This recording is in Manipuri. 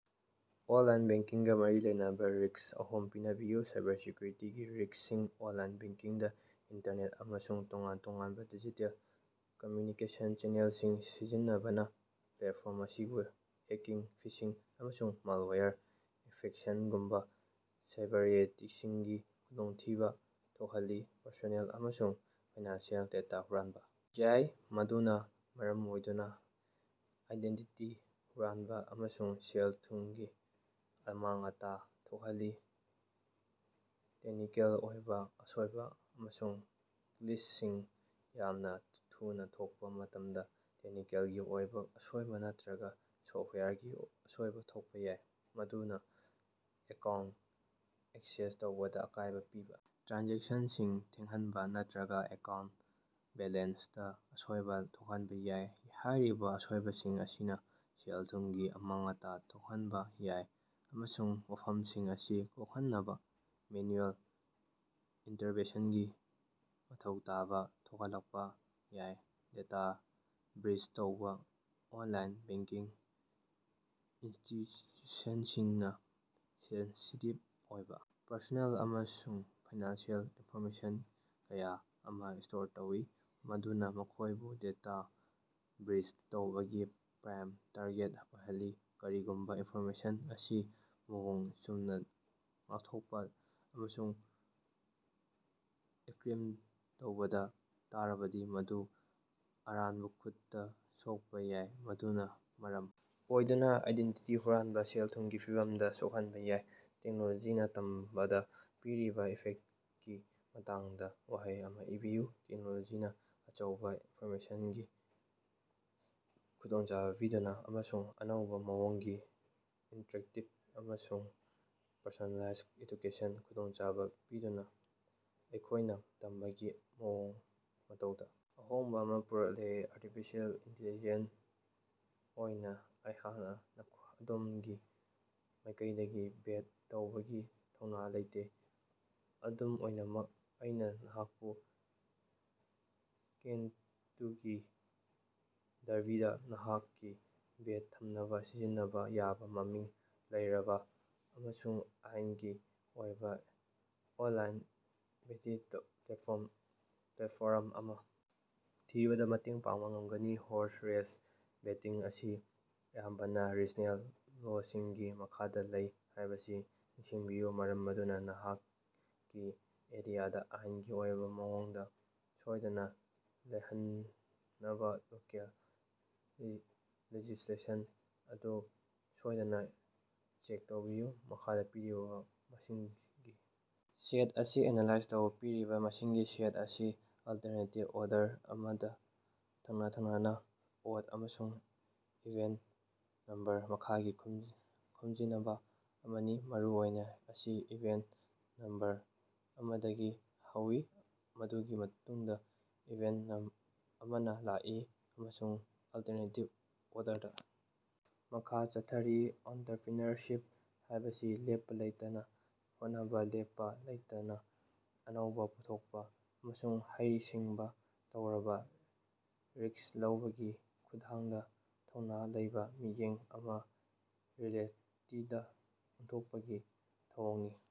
ꯑꯣꯟꯂꯥꯏꯟ ꯕꯦꯉꯡꯀꯤꯡꯒ ꯃꯔꯤ ꯂꯩꯅꯕ ꯔꯤꯁ꯭ꯛ ꯑꯍꯨꯝ ꯄꯅꯕꯤꯌꯨ꯫ ꯁꯥꯏꯕꯔꯁꯦꯛꯌꯨꯔꯤꯇꯤꯒꯤ ꯔꯤꯁ꯭ꯀꯁꯤꯡ- ꯑꯣꯟꯂꯥꯏꯟ ꯕꯦꯉ꯭ꯀꯤꯡꯗ ꯏꯟꯇꯔꯅꯦꯠ ꯑꯃꯁꯨꯡ ꯇꯣꯉꯥꯟ-ꯇꯣꯉꯥꯟꯕ ꯗꯤꯖꯤꯇꯦꯜ ꯀꯝꯃꯨꯅꯤꯀꯦꯁꯟ ꯆꯦꯅꯦꯜꯁꯤꯡ ꯁꯤꯖꯤꯟꯅꯕꯅ ꯄ꯭ꯂꯦꯠꯐꯣꯔꯝ ꯑꯁꯤꯕꯨ ꯍꯦꯛꯀꯤꯡ, ꯐꯤꯁꯤꯡ, ꯑꯃꯁꯨꯡ ꯃꯥꯜꯋ꯭ꯌꯥꯔ ꯏꯟꯐꯦꯛꯁꯟꯒꯨꯝꯕ ꯁꯥꯏꯕꯔꯑꯦꯇꯦꯛꯁꯤꯡꯒꯤ ꯈꯨꯗꯣꯡꯊꯤꯕ ꯊꯣꯛꯍꯜꯂꯤ꯫ ꯄ꯭ꯔꯁꯣꯅꯦꯜ ꯑꯃꯁꯨꯡ ꯐꯥꯏꯅꯥꯟꯁꯤꯑꯦꯜ ꯗꯦꯇꯥ ꯍꯨꯔꯥꯟꯕ ꯌꯥꯏ, ꯃꯗꯨꯅ ꯃꯔꯝ ꯑꯣꯏꯗꯨꯅ ꯑꯥꯏꯗꯦꯟꯇꯤꯇꯤ ꯍꯨꯔꯥꯟꯕ ꯑꯃꯁꯨꯡ ꯁꯦꯜ-ꯊꯨꯃꯒꯤ ꯑꯃꯥꯡ-ꯑꯇꯥ ꯊꯣꯛꯍꯜꯂꯤ꯫ ꯇꯦꯛꯅꯤꯀꯦꯜꯒꯤ ꯑꯣꯏꯕ ꯑꯁꯣꯢꯕ ꯑꯃꯁꯨꯡ ꯒ꯭ꯂꯤꯆꯁꯤꯡ ꯌꯥꯝꯅ ꯊꯨꯅ ꯊꯣꯛꯄ ꯃꯇꯝꯗ, ꯇꯦꯛꯅꯤꯀꯦꯜꯒꯤ ꯑꯣꯏꯕ ꯑꯁꯣꯢꯕ ꯅꯠꯇ꯭ꯔꯒ ꯁꯣꯐꯋ꯭ꯌꯥꯔꯒꯤ ꯑꯁꯣꯏꯕ ꯊꯣꯛꯄ ꯌꯥꯏ, ꯃꯗꯨꯅ ꯑꯦꯀꯥꯎꯟꯇ ꯑꯦꯛꯁꯦꯁ ꯇꯧꯕꯗ ꯑꯀꯥꯢꯕ ꯄꯤꯕ, ꯇ꯭ꯔꯥꯟꯖꯦꯛꯁꯟꯁꯤꯡ ꯊꯦꯡꯊꯥꯍꯟꯕ ꯅꯠꯇ꯭ꯔꯒ ꯑꯦꯀꯥꯎꯟꯇ ꯕꯦꯂꯦꯟꯁꯇꯥ ꯑꯁꯣꯢꯕ ꯊꯣꯛꯍꯟꯕ ꯌꯥꯏ꯫ ꯍꯥꯌꯔꯤꯕ ꯑꯁꯣꯏꯕꯁꯤꯡ ꯑꯁꯤꯅ ꯁꯦꯜ-ꯊꯨꯝꯒꯤ ꯑꯃꯥꯡ-ꯑꯇꯥ ꯊꯣꯛꯍꯟꯕ ꯌꯥꯏ ꯑꯃꯁꯨꯡ ꯋꯥꯐꯝꯁꯤꯡ ꯑꯁꯤ ꯀꯣꯛꯍꯟꯅꯕ ꯃꯦꯅꯨꯑꯦꯜ ꯏꯟꯇ꯭ꯔꯚꯦꯟꯁꯟꯒꯤ ꯃꯊꯧ ꯇꯥꯕ ꯊꯣꯛꯍꯜꯂꯛꯄ ꯌꯥꯏ꯫ ꯗꯦꯇꯥ ꯕ꯭ꯔꯤꯆ ꯇꯧꯕ ꯑꯣꯟꯂꯥꯏꯟ ꯕꯦꯡꯀꯤꯡ ꯏꯟꯁꯇꯤꯇ꯭ꯌꯨꯁꯟꯁꯤꯡꯅ ꯁꯦꯟꯁꯤꯇꯤꯚ ꯑꯣꯏꯕ ꯄꯔꯁꯣꯅꯦꯜ ꯑꯃꯁꯨꯡ ꯐꯥꯏꯅꯥꯟꯁꯤꯑꯦꯜ ꯏꯟꯐꯣꯔꯃꯦꯁꯟ ꯀꯌꯥ ꯑꯃ ꯁ꯭ꯇꯣꯔ ꯇꯧꯏ꯫ ꯃꯗꯨꯅ ꯃꯈꯣꯢꯕꯨ ꯗꯦꯇꯥ ꯕ꯭ꯔꯤꯆ ꯇꯧꯕꯒꯤ ꯄ꯭ꯔꯥꯏꯝ ꯇꯥꯔꯒꯦꯠ ꯑꯣꯏꯍꯜꯂꯤ꯫ ꯀꯔꯤꯒꯨꯝꯕ ꯏꯟꯐꯣꯔꯃꯦꯁꯟ ꯑꯁꯤ ꯃꯑꯣꯡ ꯆꯨꯝꯅ ꯉꯥꯛꯊꯣꯛꯄ ꯑꯃꯁꯨꯡ ꯑꯦꯟꯀ꯭ꯔꯤꯞꯇ ꯇꯧꯗꯕ ꯇꯥꯔꯕꯗꯤ, ꯃꯗꯨ ꯑꯔꯥꯟꯕ ꯈꯨꯠꯇ ꯁꯣꯛꯄ ꯌꯥꯏ, ꯃꯗꯨꯅ ꯃꯔꯝ ꯑꯣꯏꯗꯨꯅ ꯑꯥꯏꯗꯦꯟꯇꯤꯇꯤ ꯍꯨꯔꯥꯟꯕ, ꯁꯦꯜ-ꯊꯨꯝꯒꯤ ꯐꯤꯚꯝꯗ ꯁꯣꯛꯍꯟꯕ ꯌꯥꯏ꯫ ꯇꯦꯛꯅꯣꯂꯣꯖꯤꯅ ꯇꯝꯕꯗ ꯄꯤꯔꯤꯕ ꯏꯐꯦꯛꯀꯤ ꯃꯇꯥꯡꯗ ꯋꯥꯍꯩ ꯑꯃ ꯏꯕꯤꯌꯨ꯫ ꯇꯦꯛꯅꯣꯂꯣꯖꯤꯅ ꯑꯆꯧꯕ ꯏꯟꯐꯣꯔꯃꯦꯁꯟꯒꯤ ꯈꯨꯗꯣꯡꯆꯥꯕ ꯄꯤꯗꯨꯅ ꯑꯃꯁꯨꯡ ꯑꯅꯧꯕ ꯃꯑꯣꯡꯒꯤ ꯏꯟꯇ꯭ꯔꯦꯛꯇꯤꯞ ꯑꯃꯁꯨꯡ ꯄꯔꯁꯣꯅꯦꯂꯥꯏꯖ ꯑꯦꯗꯨꯀꯦꯁꯟꯒꯤ ꯈꯨꯗꯣꯡꯆꯥꯕ ꯄꯤꯗꯨꯅ ꯑꯩꯈꯣꯢꯅ ꯇꯝꯕꯒꯤ ꯃꯑꯣꯡ ꯃꯇꯧꯗ ꯑꯍꯣꯡꯕ ꯑꯃ ꯄꯨꯔꯛꯂꯦ꯫ ꯑꯔꯇꯤꯐꯤꯁꯦꯜ ꯑꯟꯇꯤꯂꯤꯖꯦꯟꯇ ꯑꯣꯏꯅ ꯑꯩꯍꯥꯛꯅ ꯑꯗꯣꯝꯒꯤ ꯃꯥꯢꯀꯩꯗꯒꯤ ꯕꯦꯠ ꯇꯧꯕꯒꯤ ꯊꯧꯅ ꯂꯩꯇꯦ꯫ ꯑꯗꯨꯝ ꯑꯣꯏꯅꯃꯛ, ꯑꯩꯅ ꯅꯍꯥꯛꯄꯨ ꯀꯦꯟꯇꯨꯀꯤ ꯗꯔꯕꯤꯗ ꯅꯍꯥꯛꯀꯤ ꯕꯦꯠ ꯊꯝꯅꯕ ꯁꯤꯖꯤꯟꯅꯕ ꯌꯥꯕ ꯃꯃꯤꯡ ꯂꯩꯔꯕ ꯑꯃꯁꯨꯡ ꯑꯥꯏꯟꯒꯤ ꯑꯣꯏꯕ ꯑꯣꯟꯂꯥꯏꯟ ꯕꯦꯇꯤꯡ ꯄ꯭ꯂꯦꯠꯐꯣꯔꯝ ꯑꯃ ꯊꯤꯕꯗ ꯃꯇꯦꯡ ꯄꯥꯡꯕ ꯉꯝꯒꯅꯤ꯫ ꯍꯣꯔꯁ ꯔꯦꯁ ꯕꯦꯇꯤꯡ ꯑꯁꯤ ꯑꯌꯥꯝꯕꯅ ꯔꯤꯖꯅꯦꯜ ꯂꯣꯁꯤꯡꯒꯤ ꯃꯈꯥꯗ ꯂꯩ ꯍꯥꯢꯕꯁꯤ ꯅꯤꯡꯁꯤꯡꯕꯤꯌꯨ ꯃꯔꯝ ꯑꯗꯨꯅ ꯅꯍꯥꯛꯀꯤ ꯑꯦꯔꯤꯌꯥꯗ ꯑꯥꯏꯟꯒꯤ ꯑꯣꯏꯕ ꯃꯑꯣꯡꯗ ꯁꯣꯢꯗꯅ ꯂꯩꯍꯟꯅꯕ ꯂꯣꯀꯦꯜ ꯂꯦꯖꯤꯁ꯭ꯂꯦꯁꯟ ꯑꯗꯨ ꯁꯣꯢꯗꯅ ꯆꯦꯛ ꯇꯧꯕꯤꯌꯨ꯫ ꯃꯈꯥꯗ ꯄꯤꯔꯤꯕ ꯃꯁꯤꯡꯒꯤ ꯁꯦꯠ ꯑꯁꯤ ꯑꯦꯟꯅꯂꯥꯏꯖ ꯇꯧ꯫ ꯄꯤꯔꯤꯕ ꯃꯁꯤꯡꯒꯤ ꯁꯦꯠ ꯑꯁꯤ ꯑꯜꯇ꯭ꯔꯅꯦꯇꯤꯕ ꯑꯣꯔꯗꯔ ꯑꯃꯗ ꯊꯪꯅ-ꯊꯪꯅꯅ ꯑꯣꯗ ꯑꯃꯁꯨꯡ ꯏꯚꯦꯟꯇ ꯅꯝꯕꯔ ꯃꯉꯥꯒꯤ ꯈꯣꯝꯖꯤꯅꯕ ꯑꯃꯅꯤ꯫ ꯃꯔꯨꯑꯣꯏꯅ, ꯃꯁꯤ ꯏꯚꯦꯟꯇ ꯅꯝꯕꯔ ꯑꯃꯗꯒꯤ ꯍꯧꯏ, ꯃꯗꯨꯒꯤ ꯃꯇꯨꯡꯗ ꯏꯚꯦꯟꯇ ꯑꯃꯅ ꯂꯥꯀꯏ ꯑꯃꯁꯨꯡ ꯑꯜꯇ꯭ꯔꯅꯦꯇꯤꯕ ꯑꯣꯔꯗꯔꯗ ꯃꯈꯥ ꯆꯠꯊꯔꯤ꯫ ꯑꯣꯟꯇ꯭ꯔꯄ꯭ꯔꯤꯅꯔꯁꯤꯞ ꯍꯥꯢꯕꯁꯤ ꯂꯦꯞꯄ ꯂꯩꯇꯅ ꯍꯣꯠꯅꯕ, ꯂꯦꯞꯄ ꯂꯩꯇꯅ ꯑꯅꯧꯕ ꯄꯨꯊꯣꯛꯄ, ꯑꯃꯁꯨꯡ ꯍꯩ ꯁꯤꯡꯕ ꯇꯧꯔꯕ ꯔꯤꯁ꯭ꯛ ꯂꯧꯕꯒꯤ ꯈꯨꯠꯊꯥꯡꯗ ꯊꯧꯅ ꯂꯩꯕ ꯃꯤꯠꯌꯦꯡ ꯑꯃ ꯔꯤꯑꯦꯂꯤꯇꯤꯗ ꯑꯣꯟꯊꯣꯛꯄꯒꯤ ꯊꯧꯑꯣꯡꯅꯤ꯫